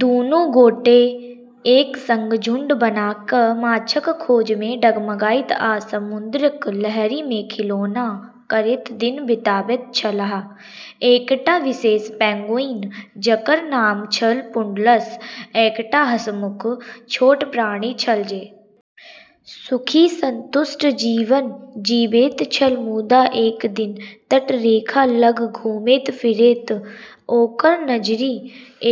दुनू गोटे एक संग झुंड बना क माछक खोज मे डगमगाइत आ समुद्रक लहरि मे खिलौना करैत दिन बिताबैत छलाह, एकटा विशेष पेंगुइन जकर नाम छल पुडल्स, एकटा हंसमुख छोट प्राणी छल जे सुखी, संतुष्ट जीवन जीबैत छल मुदा एक दिन तटरेखा लग घुमैत-फिरैत ओकर नजरि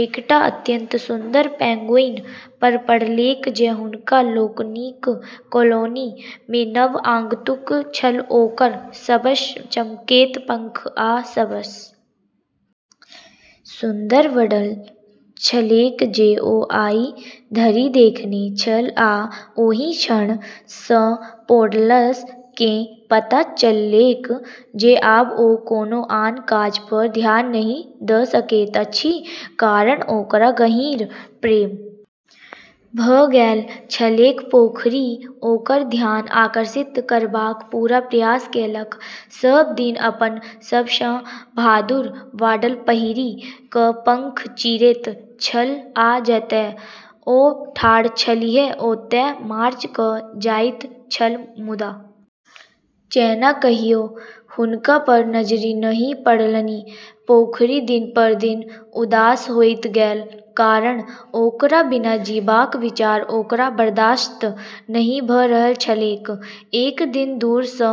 एकटा अत्यंत सुन्दर पेंगुइन पर पड़लैक जे हुनका लोकनिक कॉलोनी मे नव आगंतुक छल ओकर सबसँ चमकैत पंख आ सभसँ सुन्दर वडल छलैक जे ओ आइ धरि देखने छल आ ओहि क्षण सँ पोडल्स केँ पता चललैक जे आब ओ कोनो आन काज पर ध्यान नहि द सकैत अछि कारण ओकरा गहींर प्रेम भ गेल छलैक, पोखरि ओकर ध्यान आकर्षित करबाक पूरा प्रयास केलक, सब दिन अपन सबसँ बहादुर वाडल पहिरि क पंख चीरैत छल आ जतय ओ ठाढ़ छलीह ओतय मार्च क जाइत छल मुदा जेना कहियो हुनका पर नजरि नहि पड़लनि, पोखरि दिन पर दिन उदास होइत गेल, कारण ओकरा बिना जीबाक विचार ओकरा बर्दाश्त नहि भ रहल छलैक, एक दिन दूर सँ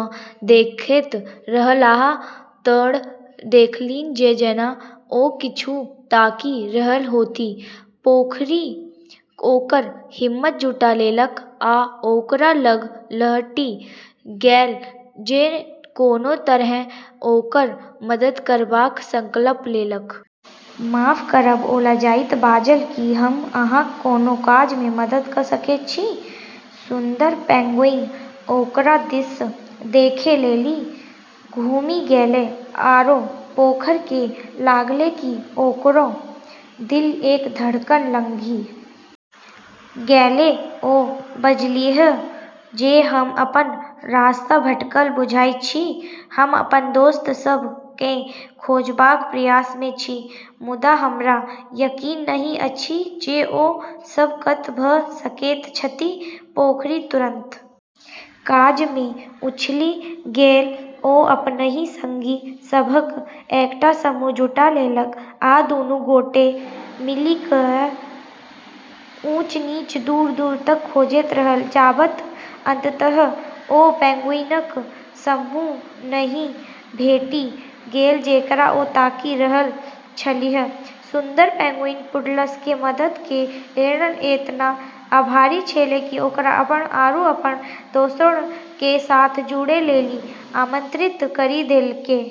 देखैत रहलाह तऽ देखलनि जे जेना ओ किछु ताकि रहल होथि, पोखरि ओकर हिम्मत जुटा लेलक आ ओकरा लग लहटि गेल जे कोनो तरहेँ ओकर मदद करबाक संकल्प लेलक। माफ करब ओ लजाइत बाजल, की हम अहाँक कोनो काज मे मदद क सकैत छी? सुन्दर पेंगुइन ओकरा दिस देखै लेली घुमी गेलै आरो पोखर के लागलै कि ओकरो दिल एक धड़कन लंघी गेलै ओ बजलीह जे हम अपन रास्ता भटकल बुझाइत छी, हम अपन दोस्त सभ केँ खोजबाक प्रयास मे छी मुदा हमरा यकीन नहि अछि जे ओ सभ कत भ सकैत छथि, पोखरि तुरन्त काज मे उछलि गेल ओ अपनहि संगी सभक एकटा समूह जुटा लेलक आ दुनू गोटे मिलिकय ऊँच-नीच, दूर-दूर तक खोजैत रहल, जाबत अंततः ओ पेंगुइनक समूह नहि भेटि गेल जेकरा ओ ताकि रहल छलीह, सुन्दर पेंगुइन पुडल्स के मदद के लेलऽ एतना आभारी छेलै कि ओकरा अपनऽ आरू अपनऽ दोस्तऽ के साथ जुड़ै लेली आमंत्रित करी देलकै।